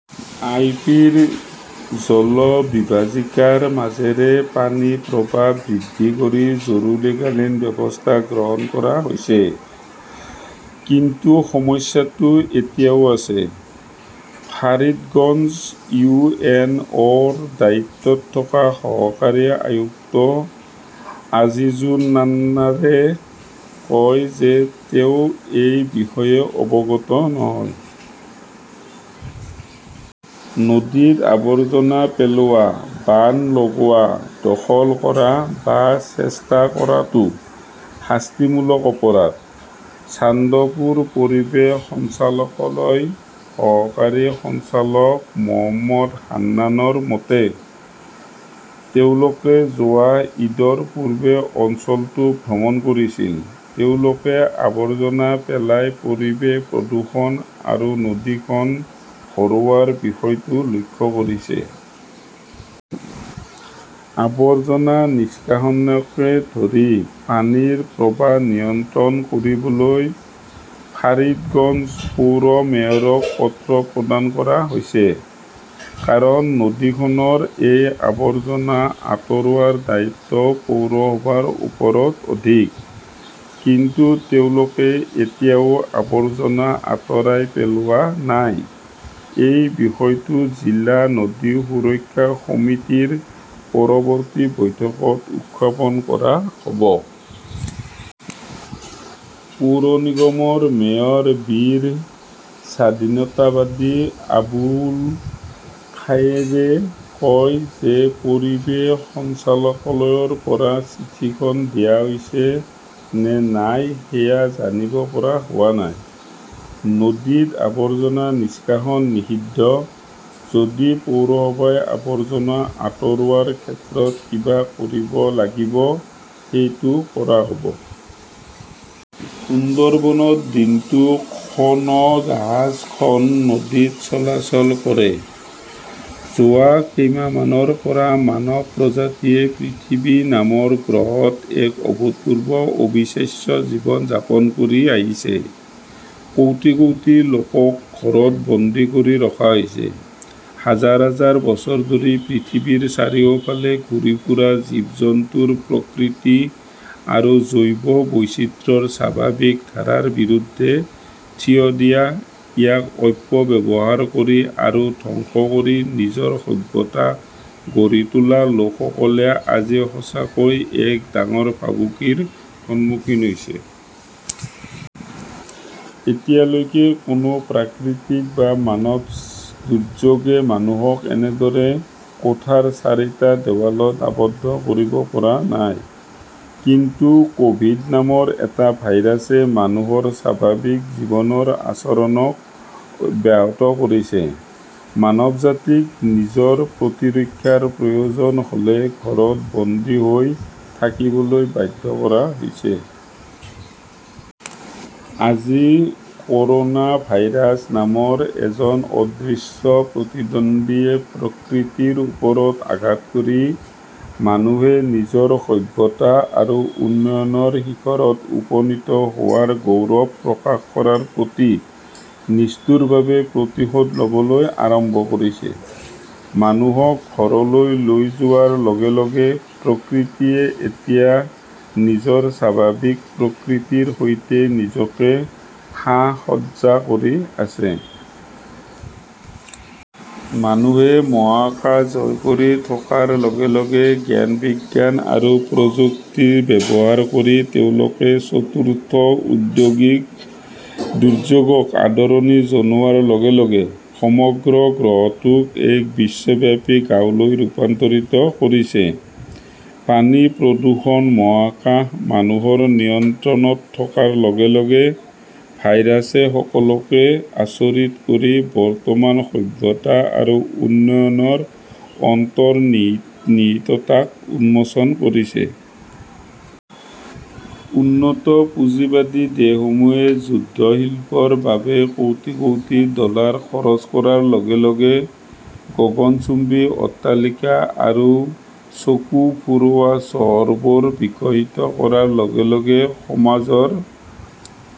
আই. P. ৰ জলবিভাজিকাৰ মাজেৰে পানীৰ প্ৰৱাহ বৃদ্ধি কৰি জৰুৰীকালীন ব্যৱস্থা গ্ৰহণ কৰা হৈছিল। কিন্তু সমস্যাটো এতিয়াও আছে। ফাৰিদগঞ্জ ইউ. এন. অ. ৰ দায়িত্বত থকা সহকাৰী আয়ুক্ত আজিজুন্নাহাৰে কয় যে তেওঁ এই বিষয়ে অৱগত নহয়। নদীত আৱৰ্জনা পেলোৱা, বান্ধ লগোৱা, দখল কৰা বা চেষ্টা কৰাটো শাস্তিমূলক অপৰাধ। চান্দপুৰ পৰিৱেশ সঞ্চালকালয়ৰ সহকাৰী সঞ্চালক মো. হান্নানৰ মতে, তেওঁলোকে যোৱা ঈদৰ পূৰ্বে অঞ্চলটো ভ্ৰমণ কৰিছিল। তেওঁলোকে আৱৰ্জনা পেলাই পৰিৱেশ প্ৰদূষণ আৰু নদীখন ভৰোৱাৰ বিষয়টো লক্ষ্য কৰিছে। আবৰ্জনা নিষ্কাশনকে ধৰি পানীৰ প্ৰৱাহ নিয়ন্ত্ৰণ কৰিবলৈ ফাৰিদগঞ্জ পৌৰ মেয়ৰক পত্ৰ প্ৰদান কৰা হৈছে। কাৰণ নদীখনৰ এই আৱৰ্জনা আঁতৰোৱাৰ দায়িত্ব পৌৰসভাৰ ওপৰত অধিক। কিন্তু তেওঁলোকে এতিয়াও আৱৰ্জনা আঁতৰাই পেলোৱা নাই। এই বিষয়টো জিলা নদী সুৰক্ষা সমিতিৰ পৰৱৰ্তী বৈঠকত উত্থাপন কৰা হ’ব। পৌৰ নিগমৰ মেয়ৰ বীৰ স্বাধীনতাবাদী আবুল খায়ৰে কয় যে পৰিৱেশ সঞ্চালকালয়ৰ পৰা চিঠিখন দিয়া হৈছে নে নাই সেয়া জানিব পৰা হোৱা নাই। নদীত আৱৰ্জনা নিষ্কাশন নিষিদ্ধ। যদি পৌৰসভাই আৱৰ্জনা আঁতৰোৱাৰ ক্ষেত্ৰত কিবা কৰিব লাগিব, সেইটো কৰা হ 'ব। সুন্দৰবনত দিনটোত খন জাহাজ খন নদীত চলাচল কৰে যোৱা কেইমাহমানৰ পৰা মানৱ প্ৰজাতিয়ে পৃথিৱী নামৰ গ্ৰহত এক অভূতপূৰ্ব অবিশ্বাস্য জীৱন যাপন কৰি আহিছে। কোটি কোটি লোকক ঘৰত বন্দী কৰি ৰখা হৈছে। হাজাৰ হাজাৰ বছৰ ধৰি পৃথিৱীৰ চাৰিওফালে ঘূৰি ফুৰা, জীৱ-জন্তুৰ প্ৰকৃতি আৰু জৈৱ বৈচিত্ৰ্যৰ স্বাভাৱিক ধাৰাৰ বিৰুদ্ধে থিয় দিয়া, ইয়াক অপব্যৱহাৰ কৰি আৰু ধ্বংস কৰি নিজৰ সভ্যতা গঢ়ি তোলা লোকসকলে আজি সঁচাকৈয়ে এক ডাঙৰ ভাবুকিৰ সন্মুখীন হৈছে। এতিয়ালৈকে কোনো প্ৰাকৃতিক বা মানৱসৃষ্ট দুৰ্যোগই মানুহক এনেদৰে কোঠাৰ চাৰিটা দেৱালত আবদ্ধ কৰিব পৰা নাই। কিন্তু ক’ভিড- নামৰ এটা ভাইৰাছে মানুহৰ স্বাভাৱিক জীৱনৰ আচৰণক ব্যাহত কৰিছে। মানৱজাতিক নিজৰ প্ৰতিৰক্ষাৰ প্ৰয়োজন হ’লে ঘৰত বন্দী হৈ থাকিবলৈ বাধ্য কৰা হৈছে। আজি ক’ৰনা ভাইৰাছ নামৰ এজন অদৃশ্য প্ৰতিদ্বন্দ্বীয়ে প্ৰকৃতিৰ ওপৰত আঘাত কৰি মানুহে নিজৰ সভ্যতা আৰু উন্নয়নৰ শিখৰত উপনীত হোৱাৰ গৌৰৱ প্ৰকাশ কৰাৰ প্ৰতি নিষ্ঠুৰভাৱে প্ৰতিশোধ ল "বলৈ আৰম্ভ কৰিছে। মানুহক ঘৰলৈ লৈ যোৱাৰ লগে লগে প্ৰকৃতিয়ে এতিয়া নিজৰ স্বাভাৱিক প্ৰকৃতিৰ সৈতে নিজকে সা-সজ্জা কৰি আছে। মানুহে মহাকাশ জয় কৰি থকাৰ লগে লগে, জ্ঞান-বিজ্ঞান আৰু প্ৰযুক্তিৰ ব্যৱহাৰ কৰি তেওঁলোকে চতুৰ্থ ঔদ্যোগিক দুৰ্যোগক আদৰণি জনোৱাৰ লগে লগে, সমগ্ৰ গ্ৰহটোক এক বিশ্বব্যাপী গাঁৱলৈ ৰূপান্তৰিত কৰিছে, পানী-ভূমি-মহাকাশ মানুহৰ নিয়ন্ত্ৰণত থকাৰ লগে লগে, ভাইৰাছে সকলোকে আচৰিত কৰি বৰ্তমানৰ সভ্যতা আৰু উন্নয়নৰ অন্তৰ্নিহিততাক উন্মোচন কৰিছে। উন্নত পুঁজিবাদী দেশসমূহে যুদ্ধশিল্পৰ বাবে কোটি কোটি ডলাৰ খৰচ কৰাৰ লগে লগে, গগনচুম্বী অট্টালিকা আৰু চকু ফুৰোৱা চহৰবোৰ বিকশিত কৰাৰ লগে লগে, সমাজৰ